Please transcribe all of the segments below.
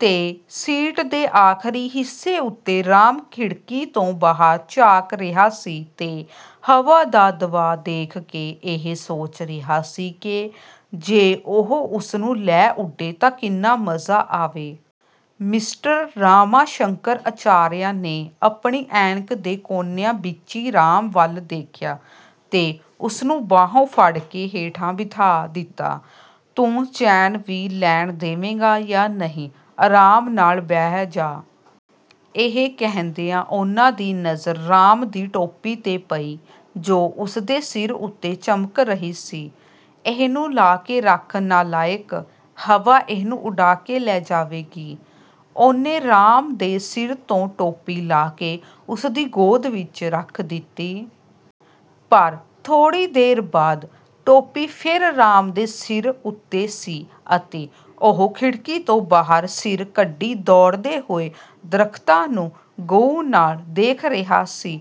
ਤੇ ਸੀਟ ਦੇ ਆਖਰੀ ਹਿੱਸੇ ਉਤੇ ਰਾਮ ਖਿੜਕੀ ਤੋਂ ਬਾਹਰ ਝਾਕ ਰਿਹਾ ਸੀ ਤੇ ਹਵਾ ਦਾ ਦਬਾਅ ਦੇਖ ਕੇ ਇਹ ਸੋਚ ਰਿਹਾ ਸੀ ਕਿ ਜੇ ਉਹ ਉਸ ਨੂੰ ਲੈ ਉਡੇ ਤਾਂ ਕਿੰਨਾ ਮਜ਼ਾ ਆਵੇ। ਮਿਸਟਰ ਰਾਮਾ ਸ਼ੰਕਰ ਅਚਾਰੀਆ ਨੇ ਆਪਣੀ ਐਨਕ ਦੇ ਕੋਣਿਆਂ ਵਿਚੀਂ ਰਾਮ ਵੱਲ ਦੇਖਿਆ ਤੇ ਉਸ ਨੂੰ ਬਾਹੋਂ ਫੜ ਕੇ ਹੇਠਾਂ ਬਿਠਾ ਦਿੱਤਾ। "ਤੂੰ ਚੈਨ ਵੀ ਲੈਣ ਦੇਵੇਂਗਾ ਜਾਂ ਨਹੀਂ, ਆਰਾਮ ਨਾਲ ਬਹਿ ਜਾ। " ਇਹ ਕਹਿੰਦਿਆਂ ਉਨ੍ਹਾਂ ਦੀ ਨਜ਼ਰ ਰਾਮ ਦੀ ਟੋਪੀ 'ਤੇ ਪਈ ਜੋ ਉਸ ਦੇ ਸਿਰ ਉਤੇ ਚਮਕ ਰਹੀ ਸੀ, "ਇਹਨੂੰ ਲਾਹ ਕੇ ਰੱਖ ਨਾਲਾਇਕ, ਹਵਾ ਇਹਨੂੰ ਉਡਾ ਕੇ ਲੈ ਜਾਵੇਗੀ। " ਉਨ੍ਹਾਂ ਨੇ ਰਾਮ ਦੇ ਸਿਰ ਤੋਂ ਟੋਪੀ ਲਾਹ ਕੇ ਉਸ ਦੀ ਗੋਦ ਵਿਚ ਰੱਖ ਦਿੱਤੀ। ਪਰ ਥੋੜ੍ਹੀ ਦੇਰ ਬਾਅਦ ਟੋਪੀ ਫੇਰ ਰਾਮ ਦੇ ਸਿਰ ਉਤੇ ਸੀ ਅਤੇ ਉਹ ਖਿੜਕੀ ਤੋਂ ਬਾਹਰ ਸਿਰ ਕੱਢੀ ਦੌੜਦੇ ਹੋਏ ਦਰਖਤਾਂ ਨੂੰ ਗਹੁ ਨਾਲ ਦੇਖ ਰਿਹਾ ਸੀ।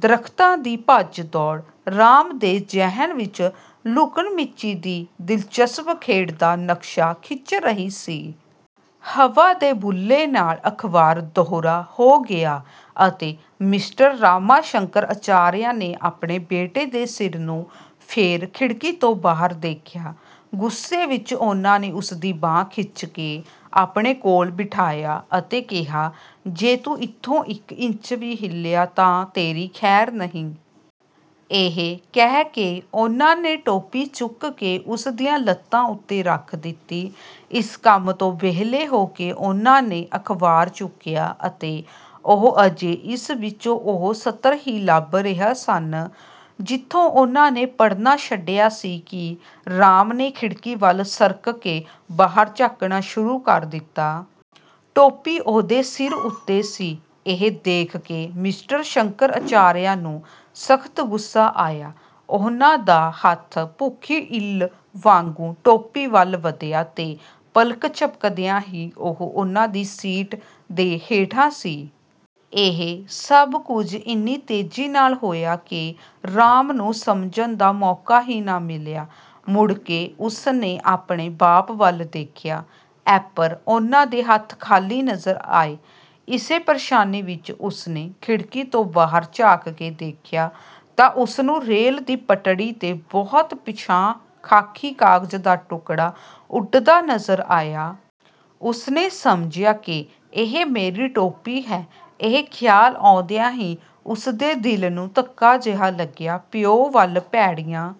ਦਰਖਤਾਂ ਦੀ ਭੱਜ ਦੌੜ ਰਾਮ ਦੇ ਜ਼ਿਹਨ ਵਿਚ ਲੁਕਣਮੀਚੀ ਦੀ ਦਿਲਚਸਪ ਖੇਡ ਦਾ ਨਕਸ਼ਾ ਖਿੱਚ ਰਹੀ ਸੀ। ਹਵਾ ਦੇ ਬੁੱਲੇ ਨਾਲ ਅਖਬਾਰ ਦੂਹਰਾ ਹੋ ਗਿਆ ਅਤੇ ਮਿਸਟਰ ਰਾਮਾ ਸ਼ੰਕਰ ਅਚਾਰੀਆ ਨੇ ਆਪਣੇ ਬੇਟੇ ਦੇ ਸਿਰ ਨੂੰ ਫੇਰ ਖਿੜਕੀ ਤੋਂ ਬਾਹਰ ਦੇਖਿਆ। ਗ਼ੁੱਸੇ ਵਿਚ ਉਨ੍ਹਾਂ ਨੇ ਉਸ ਦੀ ਬਾਂਹ ਖਿੱਚ ਕੇ ਆਪਣੇ ਕੋਲ ਬਿਠਾਇਆ ਅਤੇ ਕਿਹਾ, "ਜੇ ਤੂੰ ਇਥੋਂ ਇਕ ਇੰਚ ਵੀ ਹਿੱਲਿਆ ਤਾਂ ਤੇਰੀ ਖੈਰ ਨਹੀਂ। " ਇਹ ਕਹਿ ਕੇ ਉਨ੍ਹਾਂ ਨੇ ਟੋਪੀ ਚੁੱਕ ਕੇ ਉਸ ਦੀਆਂ ਲੱਤਾਂ ਉਤੇ ਰੱਖ ਦਿੱਤੀ। ਇਸ ਕੰਮ ਤੋਂ ਵਿਹਲੇ ਹੋ ਕੇ ਉਨ੍ਹਾਂ ਨੇ ਅਖਬਾਰ ਚੁੱਕਿਆ ਅਤੇ ਉਹ ਅਜੇ ਇਸ ਵਿਚੋਂ ਉਹ ਸਤਰਾਂ ਹੀ ਲੱਭ ਰਹੇ ਸਨ ਜਿੱਥੋਂ ਉਨ੍ਹਾਂ ਨੇ ਪੜ੍ਹਨਾ ਛੱਡਿਆ ਸੀ ਕਿ ਰਾਮ ਨੇ ਖਿੜਕੀ ਵੱਲ ਸਰਕ ਕੇ ਬਾਹਰ ਝਾਕਣਾ ਸ਼ੁਰੂ ਕਰ ਦਿੱਤਾ। ਟੋਪੀ ਉਹਦੇ ਸਿਰ ਉਤੇ ਸੀ। ਇਹ ਦੇਖ ਕੇ ਮਿਸਟਰ ਸ਼ੰਕਰ ਅਚਾਰੀਆ ਨੂੰ ਸਖਤ ਗ਼ੁੱਸਾ ਆਇਆ। ਉਨ੍ਹਾਂ ਦਾ ਹੱਥ ਭੁੱਖੀ ਇੱਲ੍ਹ ਵਾਂਗੂੰ ਟੋਪੀ ਵੱਲ ਵਧਿਆ ਤੇ ਪਲਕ ਝਪਕਦਿਆਂ ਹੀ ਉਹ ਉਨ੍ਹਾਂ ਦੀ ਸੀਟ ਦੇ ਹੇਠਾਂ ਸੀ। ਇਹ ਸਭ ਕੁਝ ਇੰਨੀ ਤੇਜੀ ਨਾਲ ਹੋਇਆ ਕਿ ਰਾਮ ਨੂੰ ਸਮਝਣ ਦਾ ਮੌਕਾ ਹੀ ਨਾ ਮਿਲਿਆ। ਮੁੜ ਕੇ ਉਸ ਨੇ ਆਪਣੇ ਬਾਪ ਵੱਲ ਦੇਖਿਆ। ਐਪਰ ਉਨ੍ਹਾਂ ਦੇ ਹੱਥ ਖਾਲੀ ਨਜ਼ਰ ਆਏ। ਇਸੇ ਪ੍ਰੇਸ਼ਾਨੀ ਵਿਚ ਉਸ ਨੇ ਖਿੜਕੀ ਤੋਂ ਬਾਹਰ ਝਾਕ ਕੇ ਦੇਖਿਆ ਤਾਂ ਉਸ ਨੂੰ ਰੇਲ ਦੀ ਪਟੜੀ 'ਤੇ ਬਹੁਤ ਪਿਛਾਂਹ ਖਾਕੀ ਕਾਗ਼ਜ਼ ਦਾ ਟੁਕੜਾ ਉਡਦਾ ਨਜ਼ਰ ਆਇਆ। ਉਸ ਨੇ ਸਮਝਿਆ ਕਿ ਇਹ ਮੇਰੀ ਟੋਪੀ ਹੈ। ਇਹ ਖਿਆਲ ਆਉਂਦਿਆਂ ਹੀ ਉਸ ਦੇ ਦਿਲ ਨੂੰ ਧੱਕਾ ਜਿਹਾ ਲੱਗਿਆ। ਪਿਉ ਵੱਲ ਭੈੜੀਆਂ